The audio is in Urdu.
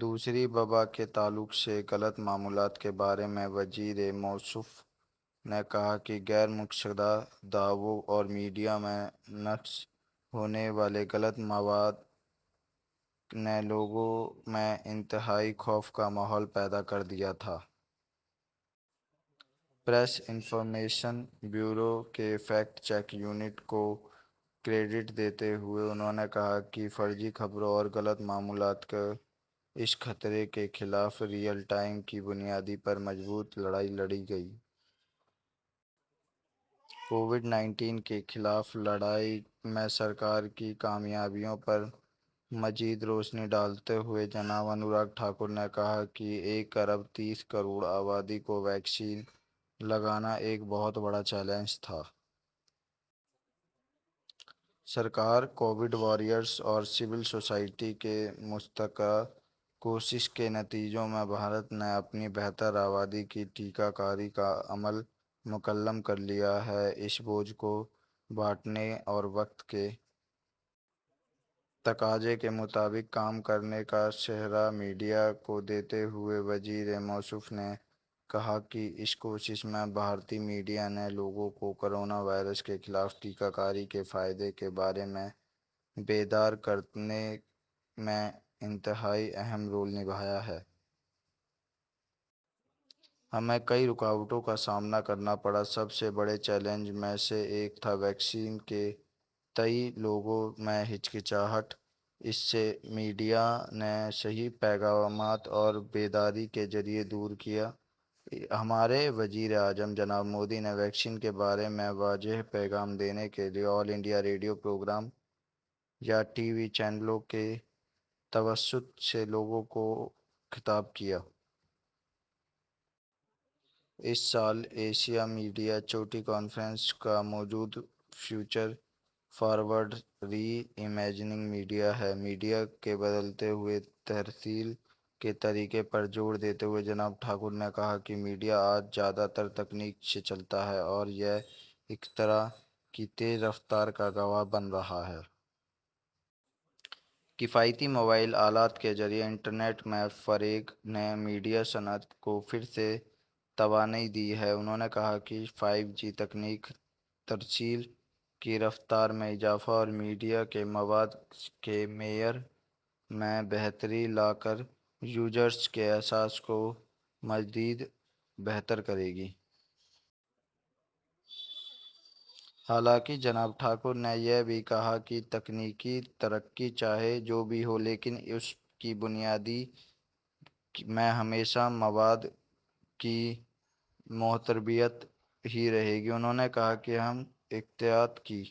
دوسری وبا کے تعلق سے، غلط معلومات کے بارے میں، وزیر موصوف نے کہا کہ غیر مصدقہ دعووں اور میڈیا میں نشر ہونے والے غلط مواد نے لوگوں میں انتہائی خوف کا ماحول پیدا کر دیا تھا۔ پریس انفارمیشن بیورو کے فیکٹ چیک یونٹ کو کریڈٹ دیتے ہوئے انہوں نے کہا کہ فرضی خبروں اور غلط معلومات کے اس خطرے کے خلاف ریئل ٹائم کی بنیاد پر مضبوط لڑائی لڑی گئی۔ کووڈ نائنٹین کے خلاف لڑائی میں سرکار کی کامیابیوں پر مزید روشنی ڈالتے ہوئے، جناب انوراگ ٹھاکر نے کہا کہ ایک ارب تیس کروڑ آبادی کو ویکسین لگانا ایک بہت بڑا چیلنج تھا۔ سرکار، کووڈ واریئرس اور سول سوسائٹی کی مشترکہ کوششوں کے نتیجے میں بھارت نے اپنی بیشتر آبادی کی ٹیکہ کاری کا عمل مکمل کر لیا ہے۔ اس بوجھ کو بانٹنے اور وقت کے تقاضے کے مطابق کام کرنے کا سہرا میڈیا کو دیتے ہوئے وزیر موصوف نے کہا کہ اس کوشش میں، بھارتی میڈیا نے لوگوں کو کورونا وائرس کے خلاف ٹیکہ کاری کے فائدے کے بارے میں بیدار کرنے میں انتہائی اہم رول نبھایا ہے۔ ہمیں کئی رکاوٹوں کا سامنا کرنا پڑا۔ سب سے بڑے چیلنجوں میں سے ایک تھا ویکسین کے تئیں لوگوں میں ہچکچاہٹ۔ اسے میڈیا نے صحیح پیغامات اور بیداری کے ذریعے دور کیا۔ ہمارے وزیر اعظم جناب مودی نے ویکسین کے بارے میں واضح پیغام دینے کے لیے آل انڈیا ریڈیو پروگراموں یا ٹی وی چینلوں کے توسط سے لوگوں سے خطاب کیا۔ اس سال ایشیا میڈیا چوٹی کانفرنس کا موضوع future forward, reimagining media ہے۔ میڈیا کے بدلتے ہوئے ترسیل کے طریقے پر زور دیتے ہوئے جناب ٹھاکر نے کہا کہ میڈیا آج زیادہ تر تکنیک سے چلتا ہے اور یہ اختراع کی تیز رفتار کا گواہ بن رہا ہے۔ کفایتی موبائل آلات کے ذریعے انٹرنیٹ کے فروغ نے میڈیا صنعت کو پھر سے توانائی دی ہے۔ انہوں نے کہا کہ فائیو جی تکنیک ترسیل کی رفتار میں اضافہ اور میڈیا کے مواد کے معیار میں بہتری لا کر یوزرز کے احساس کو مزید بہتر کرے گی۔ حالانکہ جناب ٹھاکر نے یہ بھی کہا کہ تکنیکی ترقی چاہے جو بھی ہو، لیکن اس کی بنیاد میں ہمیشہ مواد کی معتبریت ہی رہے گی۔ انہوں نے کہا کہ ہم اطلاعات کی